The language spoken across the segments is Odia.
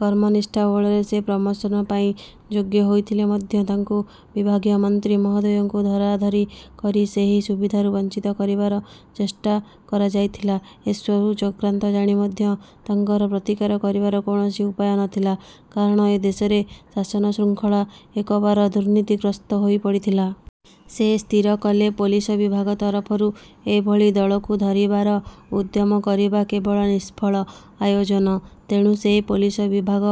କର୍ମନିଷ୍ଠା ବଳରେ ସେ ପ୍ରମୋଶନ ପାଇଁ ଯୋଗ୍ୟ ହୋଇଥିଲେ ମଧ୍ୟ ତାଙ୍କୁ ବିଭାଗୀୟ ମନ୍ତ୍ରୀ ମହୋଦୟଙ୍କୁ ଧରାଧରି କରି ସେହି ସୁବିଧାରୁ। ବଞ୍ଚିତ କରିବାର ଚେଷ୍ଟା କରାଯାଇଥିଲା। ଏସ୍ବୁ ଚକ୍ରାନ୍ତ ଜାଣି ମଧ୍ୟ ତାଙ୍କର ପ୍ରତିକାର କରିବାର କୌଣସି ଉପାୟ ନ ଥିଲା। କାରଣ ଏ ଦେଶର ଶାସନ ଶୃଙ୍ଖଳା ଏକବାର ଦୁର୍ନୀତିଗ୍ରସ୍ତ ହୋଇ ପଡ଼ିଥିଲା। ସେ ସ୍ଥିର କଲେ, ପୋଲିସ ବିଭାଗ ତରଫରୁ ଏଭଳି ଦଳକୁ ଧରିବାର ଉଦ୍ୟମ କରିବା କେବଳ ନିଷ୍ଫଳ ଆୟୋଜନ। ତେଣୁ ସେ ପୋଲିସ ବିଭାଗ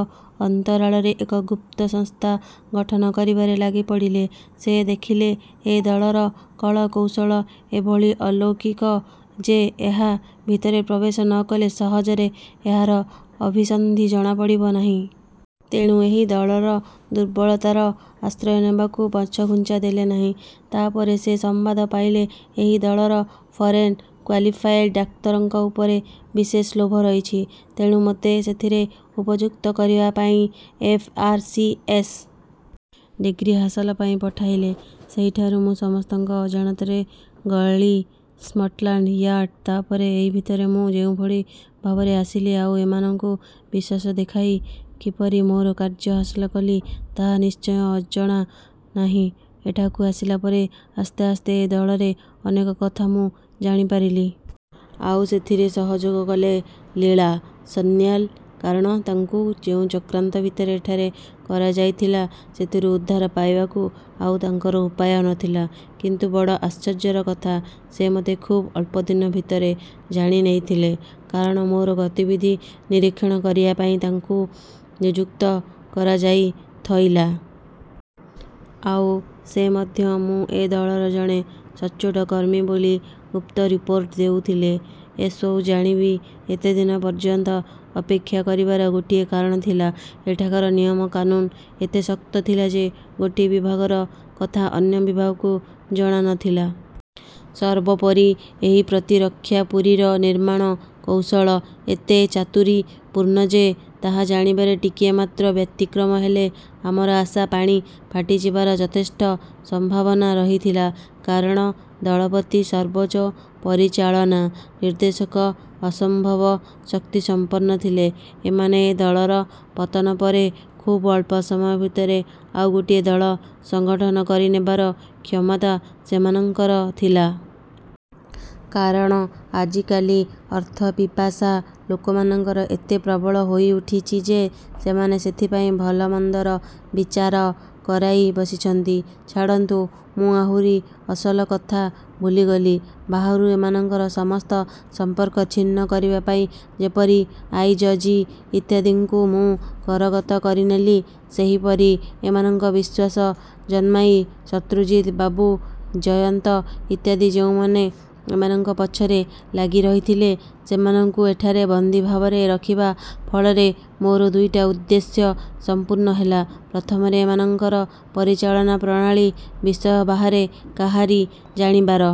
ଅନ୍ତରାଳରେ ଏକ ଗୁପ୍ତ ସଂସ୍ଥା ଗଠନ କରିବାରେ ଲାଗିପଡ଼ିଲେ। ସେ ଦେଖିଲେ ଏ ଦଳର କଳ କୌଶଳ ଏଭଳି ଅଲୌକିକ ଯେ, ଏହା ଭିତରେ ପ୍ରବେଶ ନ କଲେ ସହଜରେ ଏହାର ଅଭିସନ୍ଧି ଜଣାପଡ଼ିବ ନାହିଁ। ତେଣୁ ଏହି ଦଳର ଦୁର୍ବଳତାର ଆଶ୍ରୟ ନେବାକୁ ପଛଘୁଞ୍ଚା ଦେଲେ ନାହିଁ। ତା ପରେ ସେ ସମ୍ବାଦ ପାଇଲେ, ଏହି ଦଳର ଫରେନ୍ କ୍ୱାଲିଫାଏଡ୍ ଡାକ୍ତରଙ୍କ ଉପରେ ବିଶେଷ ଲୋଭ ରହିଛି। ତେଣୁ ମୋତେ ସେଥିରେ ଉପଯୁକ୍ତ କରିବା ପାଇଁ F. R. C. S. Degree ହାସଲ ପାଇଁ ପଠାଇଲେ। ସେହିଠାରୁ ମୁଁ ସମସ୍ତଙ୍କ ଅଜାଣତରେ ଗଳି ସ୍ମଟ୍ଲାଣ୍ଡ ୟାର୍ଡ଼। ତା ପରେ ଏ ଭିତରକୁ ମୁଁ ଯେଉଁଭଳି ଭାବରେ ଆସିଲି ଆଉ ଏମାନଙ୍କୁ ବିଶ୍ୱାସ ଦେଖାଇ କିପରି ମୋର କାର୍ଯ୍ୟ ହାସଲ କଲି, ତାହା ନିଶ୍ଚୟ ଅଜଣା ନାହିଁ। ଏଠାକୁ ଆସିଲା ପରେ ଆସ୍ତେ ଆସ୍ତେ ଏ ଦଳର ଅନେକ କଥା ମୁଁ ଜାଣିପାରିଲି। ଆଉ ସେଥିରେ ସହଯୋଗ କଲେ ଲୀଳା ସନ୍ନ୍ୟାଲ। କାରଣ, ତାଙ୍କୁ ଯେଉଁ ଚକ୍ରାନ୍ତ ଭିତରେ ଏଠାରେ ପକାଯାଇଥିଲା, ସେଥିରୁ ଉଦ୍ଧାର ପାଇବାକୁ ଆଉ ତାଙ୍କର ଉପାୟ ନ ଥିଲା। କିନ୍ତୁ ବଡ଼ ଆଶ୍ଚର୍ଯ୍ୟର କଥା, ସେ ମୋତେ ଖୁବ୍ ଅଳ୍ପଦିନ ଭିତରେ ଜାଣି ନେଇଥିଲେ। କାରଣ ମୋର ଗତିବିଧି ନିରୀକ୍ଷଣ କରିବା ପାଇଁ ତାଙ୍କୁ ନିଯୁକ୍ତ କରାଯାଇଥଇଲା। ଆଉ ସେ ମଧ୍ୟ ମୁଁ ଏ ଦଳର ଜଣେ ସଚ୍ଚୋଟ କର୍ମୀ ବୋଲି ଗୁପ୍ତ ରିପୋର୍ଟ ଦେଉଥିଲେ। ଏସ୍ବୁ ଜାଣି ବି ଏତେଦିନ ପର୍ଯ୍ୟନ୍ତ ଅପେକ୍ଷା କରିବାର ଗୋଟିଏ କାରଣ ଥିଲା। ଏଠାକାର ନିୟମ କାନୁନ ଏତେ ଶକ୍ତ ଥିଲା ଯେ, ଗୋଟିଏ ବିଭାଗର କଥା ଅନ୍ୟ ବିଭାଗକୁ ଜଣା ନ ଥିଲା। ସର୍ବୋପରି ଏହି ପ୍ରତିରକ୍ଷାପୁରୀର ନିର୍ମାଣ କୌଶଳ ଏତେ ଚାତୁରୀପୂର୍ଣ୍ଣ ଯେ, ତାହା ଜାଣିବାରେ ଟିକିଏ ମାତ୍ର ବ୍ୟତିକ୍ରମ ହେଲେ, ଆମର ଆଶା ପାଣି ଫାଟିଯିବାର ଯଥେଷ୍ଟ ସମ୍ବାବନା ରହିଥିଲା। କାରଣ ଦଳପତି ସର୍ବୋଚ୍ଚ ପରିଚାଳନା-ନିର୍ଦ୍ଦେଶକ। ଅସମ୍ବବ ଶକ୍ତିସଂପନ୍ନ ଥିଲେ ଏମାନେ। ଏ ଦଳର ପତନ ପରେ ଖୁବ୍ ଅଳ୍ପ ସମୟ ଭିତରେ ଆଉ ଗୋଟିଏ ଦଳ ସଂଗଠନ କରି ନେବାର କ୍ଷମତା ସେମାନଙ୍କର ଥିଲା। କାରଣ ଆଜିକାଲି ଅର୍ଥପିପାସା ଲୋକମାନଙ୍କର ଏତେ ପ୍ରବଳ ହୋଇଉଠିଛି ଯେ, ସେମାନେ ସେଥିପାଇଁ ଭଲମନ୍ଦର ବିଚାର ହରାଇ ବସିଛନ୍ତି। ଛାଡ଼ନ୍ତୁ, ମୁଁ ଆହୁରି ଅସଲ କଥା ଭୁଲିଗଲି। ବାହାରୁ ଏମାନଙ୍କର ସମସ୍ତ ସମ୍ପର୍କ ଛିନ୍ନ କରିବା ପାଇଁ ଯେପରି ଆଇଯ ଜି. ଇତ୍ୟାଦିଙ୍କୁ ମୁଁ କରଗତ କରିନେଲି, ସେହିପରି ଏମାନଙ୍କ ବିଶ୍ୱାସ ଜନ୍ମାଇ ଶତ୍ରୁଜିତ ବାବୁ, ଜୟନ୍ତ ଇତ୍ୟାଦି ଯେଉଁମାନେ ଏମାନଙ୍କ ପଛରେ ଲାଗିରହିଥିଲେ, ସେମାନଙ୍କୁ ଏଠାରେ ବନ୍ଦୀ ଭାବରେ ରଖିବା ଫଳରେ ମୋର ଦୁଇଟା ଉଦ୍ଦେଶ୍ୟ ସଂପୂର୍ଣ୍ଣ ହେଲା। ପ୍ରଥମରେ ଏମାନଙ୍କର ପରିଚାଳନା ପ୍ରଣାଳୀ ବିଷୟ ବାହାରେ କାହାରି ଜାଣିବାର